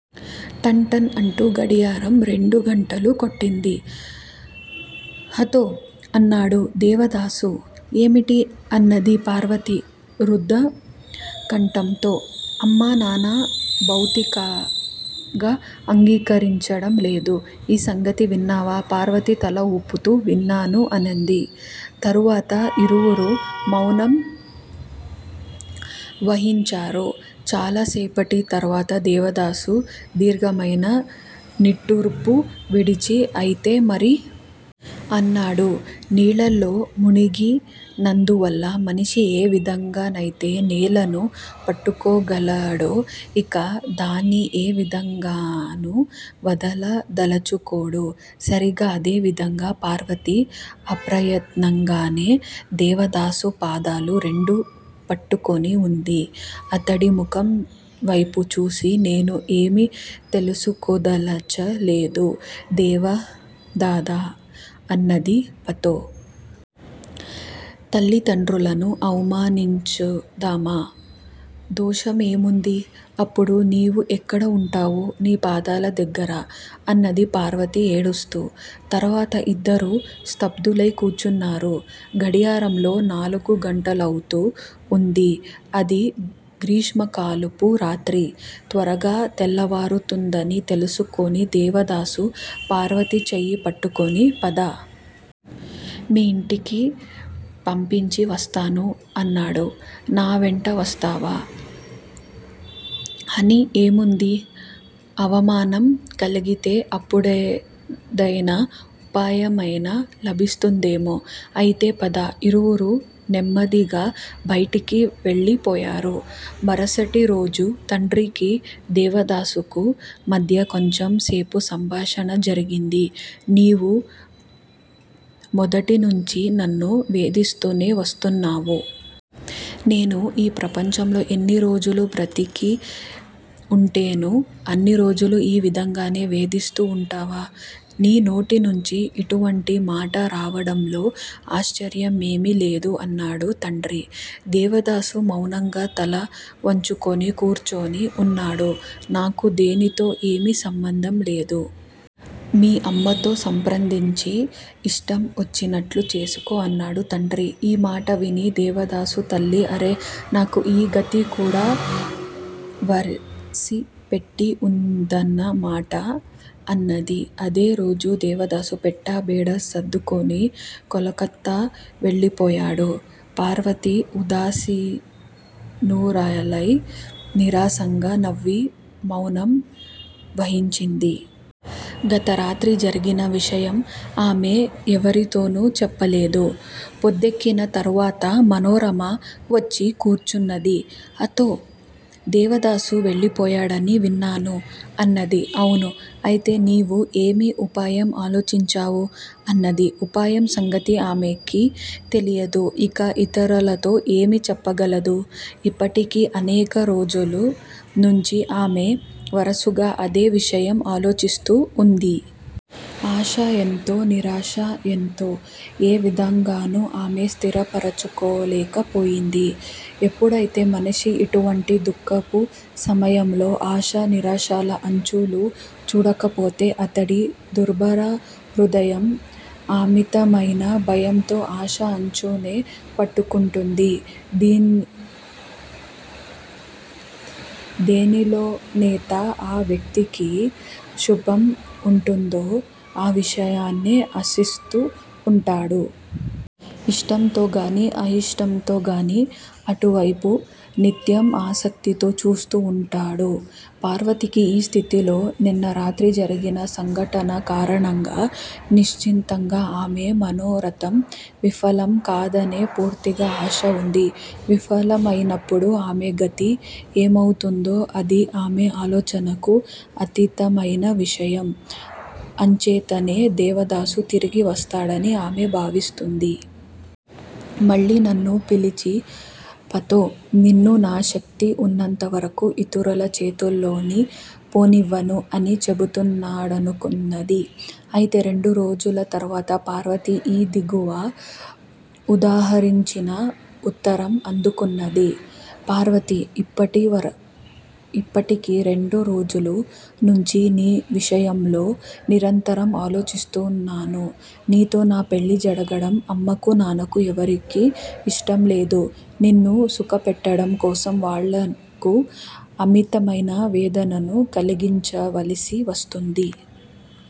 టన్ టన్ అంటూ గడియారం రెండు గంటలు కొట్టింది. హత్తో! అన్నాడు దేవదాసు. ఏమిటి అన్నది పార్వతి రుద్ధకంఠంతో. అమ్మా, నాన్నా బొత్తిగా అంగీకరించడం లేదు. ఈ సంగతి విన్నావా? పార్వతి తల ఊపుతూ విన్నాను అన్నది. తరువాత ఇరువురూ మౌనం వహించారు. చాలా సేపటి తరువాత దేవదాసు దీర్ఘమైన నిట్టూర్పు విడిచి అయితే మరీ? అన్నాడు. నీళ్లల్లో మునిగినందువల్ల మనిషి ఏ విధంగానైతే నేలను పట్టుకోగలడో, ఇక దాన్ని ఏ విధంగానూ వదలదలచుకోడో సరిగ్గా అదే విధంగా పార్వతి అప్రయత్నంగానే దేవదాసు పాదాలు రెండూ పట్టుకొని ఉంది. అతడి ముఖం వైపు చూసి నేను ఏమీ తెలుసుకోదలచలేదు దేవదాదా! అన్నది. పత్తో! తల్లిదండ్రులను అవమానించుదామా? దోషం ఏముంది? అప్పుడు నీవు ఎక్కడ ఉంటావు? నీ పాదాల దగ్గర! అన్నది పార్వతి ఏడుస్తూ. తరువాత ఇద్దరూ స్తబ్దులై కూర్చున్నారు. గడియారంలో నాలుగు గంటలవుతూ ఉంది. అది గ్రీష్మకాలపు రాత్రి. త్వరగా తెల్లవారుతుందని తెలుసుకొని దేవదాసు పార్వతి చేయి పట్టుకొని పద! మీ ఇంటికి పంపించి వస్తాను అన్నాడు. నా వెంట వస్తావా? హాని ఏముంది? అవమానం కలిగితే అప్పుడేదైనా ఉపాయమైనా లభిస్తుందేమో! అయితే పద! ఇరువురూ నెమ్మదిగా బయటికి వెళ్లిపోయారు. మరుసటి రోజు తండ్రికీ దేవదాసుకూ మధ్య కొంచెం సేపు సంభాషణ జరిగింది. నీవు మొదటినుంచీ నన్ను వేధిస్తూనే వస్తున్నావు. నేను ఈ ప్రపంచంలో ఎన్ని రోజులు బ్రతికి ఉంటానో అన్ని రోజులు ఈ విధంగానే వేధిస్తూ ఉంటావు. నీ నోటినుంచి ఇటువంటి మాట రావడంలో ఆశ్చర్యమేమీ లేదు అన్నాడు తండ్రి. దేవదాసు మౌనంగా తల వంచుకొని కూర్చొని ఉన్నాడు. నాకు దీనితో ఏమీ సంబంధం లేదు. మీ అమ్మతో సంప్రదించి ఇష్టం వచ్చినట్లు చేసుకో అన్నాడు తండ్రి. ఈ మాట విని దేవదాసు తల్లి అరే, నాకు ఈ గతి కూడా వ్రాసి పెట్టి ఉందన్న మాట! అన్నది. అదే రోజు దేవదాసు పెట్టె, బేడా సర్దుకొని కలకత్తా వెళ్లిపోయాడు. పార్వతి ఉదాసీనురాలై నీరసంగా నవ్వి మౌనం వహించింది. గతరాత్రి జరిగిన విషయం ఆమె ఎవరితోనూ చెప్పలేదు. ప్రొద్దెక్కిన తరువాత మనోరమ వచ్చి కూర్చున్నది. పత్తో! దేవదాసు వెళ్లిపోయాడని విన్నాను? అన్నది. అవును. అయితే నీవు ఏమి ఉపాయం ఆలోచించావు? అన్నది. ఉపాయం సంగతి ఆమెకే తెలియదు, ఇక ఇతరులతో ఏమి చెప్పగలదు? ఇప్పటికి అనేక రోజుల నుంచి ఆమె వరుసగా అదే విషయం ఆలోచిస్తూ ఉంది. ఆశ ఎంతో, నిరాశ ఎంతో ఏ విధంగానూ ఆమె స్థిరపరచుకోలేక పోయింది. ఎప్పుడైతే మనిషి ఇటువంటి దుఃఖపు సమయంలో ఆశ, నిరాశల అంచులు చూడకపోతే అతడి దుర్భర హృదయం అమితమైన భయంతో ఆశ అంచునే పట్టుకుంటుంది. దేనిలోనే తో ఆ వ్యక్తికి శుభం ఉంటుందో ఆ విషయాన్నే ఆశిస్తూ ఉంటాడు. ఇష్టంతోగానీ, అయిష్టంతోగానీ అటువైపే నిత్యం ఆసక్తితో చూస్తూ ఉంటాడు. పార్వతికి ఈ స్థితిలో నిన్నరాత్రి జరిగిన సంఘటన కారణంగా నిశ్చితంగా ఆమె మనోరథం విఫలం కాదనే పూర్తిగా ఆశ ఉంది. విఫలమైనప్పుడు ఆమె గతి ఏమవుతుందో అది ఆమె ఆలోచనకు అతీతమైన విషయం. అంచేతనే దేవదాసు తిరిగి వస్తాడని ఆమె భావిస్తుంది. మళ్లీ నన్ను పిలిచి పత్తో! నిన్ను నా శక్తి ఉన్నంతవరకు ఇతరుల చేతిలోనికి పోనివ్వను అని చెబుతాడనుకున్నది. అయితే రెండు రోజుల తరువాత పార్వతి ఈ దిగువ ఉదాహరించిన ఉత్తరం అందుకున్నది. పార్వతీ, ఇప్పటికి రెండు రోజుల నుంచి నీ విషయాలే నిరంతరం ఆలోచిస్తున్నాను. నీతో నా పెళ్లి జరగడం అమ్మకూ, నాన్నకూ ఎవరికీ ఇష్టంలేదు. నిన్ను సుఖపెట్టడం కోసం వాళ్లకు అమితమైన వేదనను కలిగించవలసి వస్తుంది.